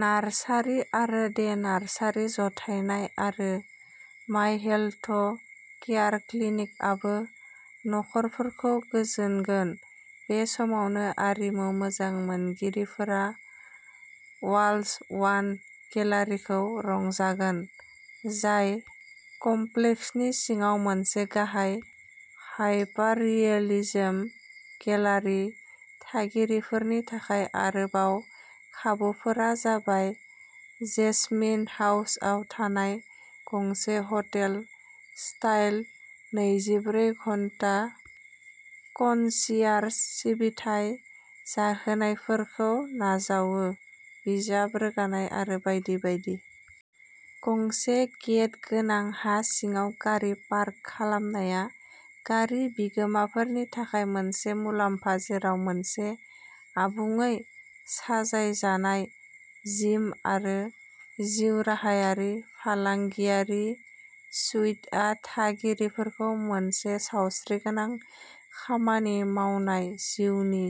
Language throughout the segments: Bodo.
नारसारि आरो डे नारसारि जथायनाय आरो मायहेल्थ केयार क्लिनिकआबो नखरफोरखौ गोजोनगोन। बे समावनो आरिमु मोजां मोनगिरिफोरा वालस वान गेलारिखौ रंजागोन। जाय कमप्लेक्सनि सिङाव मोनसे गाहाय हायपाररियेलिजम गेलारि थागिरिफोरनि थाखाय आरोबाव खाबुफोरा जाबाय जेसमिन हाउसआव थानाय गंसे हटेल स्टाइल नैजिब्रै घन्टा कनसियारज सिबिथाइ जाहोनायफोरखौ नाजावनो बिजाब रोगानाय आरो बायदि बायदि। गंसे गेट गोनां हा सिङाव गारि पार्क खालामनाया गारि बिगोमाफोरनि थाखाय मोनसे मुलाम्फा जेराव मोनसे आबुङै साजायजानाय जिम आरो जिउराहायारि फालांगियारि सुइटआ थागिरिफोरखौ मोनसे सावस्रिगोनां खामानि मावनाय जिउनि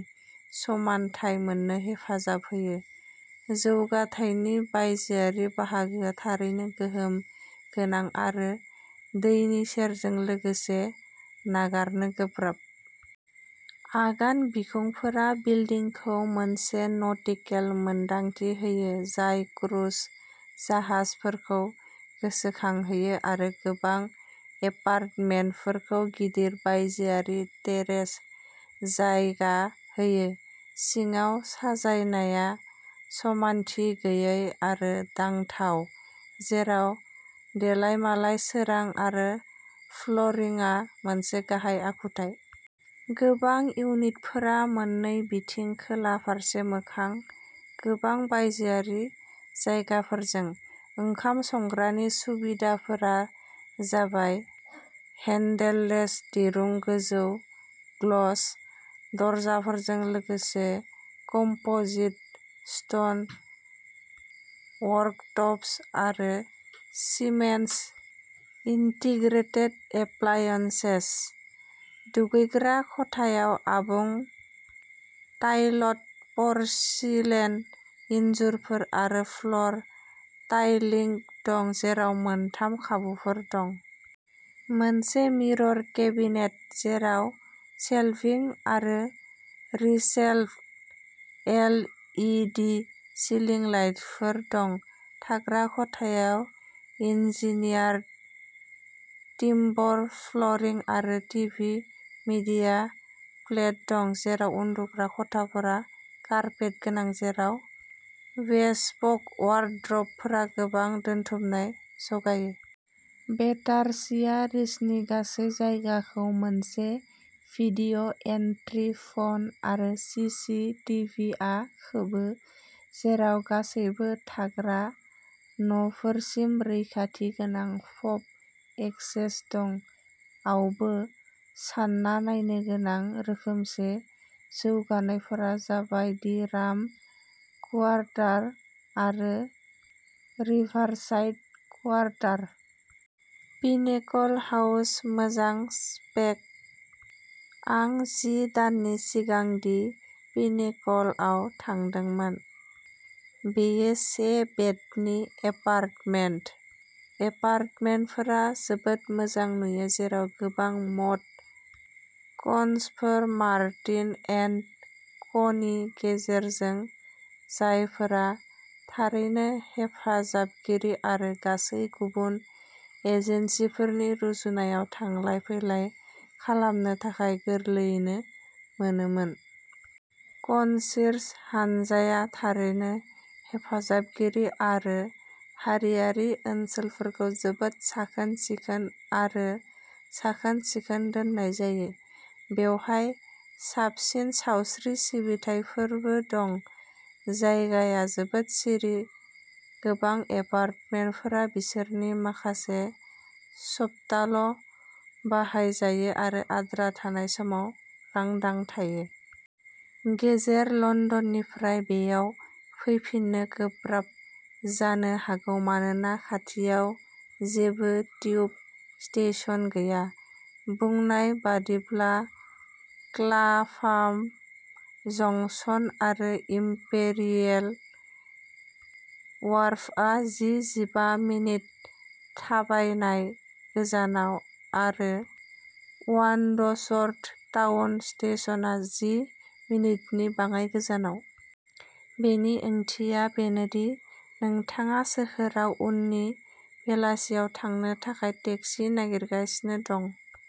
समानथाय मोननो हेफाजाब होयो। जौगाथायनि बायजोआरि बाहागोआ थारैनो गोहोम गोनां आरो दैनि सेरजों लोगोसे नागारनो गोब्राब। आगान बिखुंफोरा बिल्दिंखौ मोनसे नटिकेल मोनदांथि होयो जाय क्रुज जाहाजफोरखौ गोसोखांहोयो आरो गोबां एपार्टमेन्टफोरखौ गिदिर बायजोआरि टेरेस जायगा होयो। सिङाव साजायनाया समानथि गैयै आरो दांथाव। जेराव देलायमालाय सोरां आरो फ्लरिंआ मोनसे गाहाय आखुथाय। गोबां इउनिटफोरा मोननै बिथिं खोला फारसे मोखां गोबां बायजोआरि जायगाफोरजों। ओंखाम संग्रानि सुबिदाफोरा जाबाय हेन्डेललेस दिरुं गोजौ ग्लस दरजाफोरजों लोगोसे कम्पोजिट स्टोन वर्कटप्स आरो सीमेन्स इन्टिग्रेटेड एप्लायनसेस। दुगैग्रा खथायाव आबुं टाइलड परसिलेन इनजुरफोर आरो फ्लर टाइलिंग दं जेराव मोनथाम खाबुफोर दं। मोनसे मिरर केबिनेट जेराव शेलभिं आरो recessed L E D ceiling लाइटफोर दं। थाग्रा खथायाव इन्जिनियार्ड टिम्बर फ्लरिं आरो टिभि मीडिया प्लेट दं। जेराव उन्दुग्रा खथाफोरा कारपेट गोनां जेराव बेसपोक वार्ड्रबफोरा गोबां दोनथुमनाय जगायो। बेटारसिया रीचनि गासै जायगाखौ मोनसे भिडिय'एन्ट्रि फन आरो सि सि टि भि आ खोबो जेराव गासैबो थाग्रा नफोरसिम रैखाथि गोनां फब एक्सेस दं। आवबो सानना नायनो गोनां रोखोमसे जौगानायफोरा जाबाय दि राम कुवारटार आरो रिभारसाइड कुवारटार। पिनेकल हाउस मोजां स्पेक। आं जि दाननि सिगां दि पिनेकल आव थांदोंमोन। बेयो से बेडनि एपार्टमेन्ट। एपार्टमेन्टफोरा जोबोद मोजां नुयो जेराव गोबां मड कनसफोर मार्टिन एन्ड कनि गेजेरजों जायफोरा थारैनो हेफाजाबगिरि आरो गासैबो गुबुन एजेन्सिफोरनि रुजुनायाव थांलाय फैलाय खालामनो थाखाय गोरलैयैनो मोनोमोन। कन्सिर्ज हान्जाया थारैनो हेफाजाबगिरि आरो हारियारि ओनसोलफोरखौ जोबोद साखोन-सिखोन आरो साखोन-सिखोन दोननाय जायो। बेवहाय साबसिन सावस्रि सिबिथाइफोरबो दं। जायगाया जोबोद सिरि गोबां एपार्टमेन्टफोरा बिसोरनि माखासे सप्ताल' बाहाय जायो आरो आद्रा थानाय समाव लांदां थायो। गेजेर लन्दननिफ्राय बेयाव फैफिननो गोब्राब जानो हागौ मानोना खाथियाव जेबो टिउब स्टेशन गैया। बुंनाय बादिब्ला क्लाफाम जंक्शन आरो इम्पेरियेल वार्फआ जि जिबा मिनिट थाबायनाय गोजानाव आरो वानडसवर्थ टाउन स्टेशनआ जि मिनिटनि बाङाय गोजानाव। बेनि ओंथिया बेनोदि नोंथाङा सोहोराव उननि बेलासियाव थांनो थाखाय टेक्सि नागिरगासिनो दं।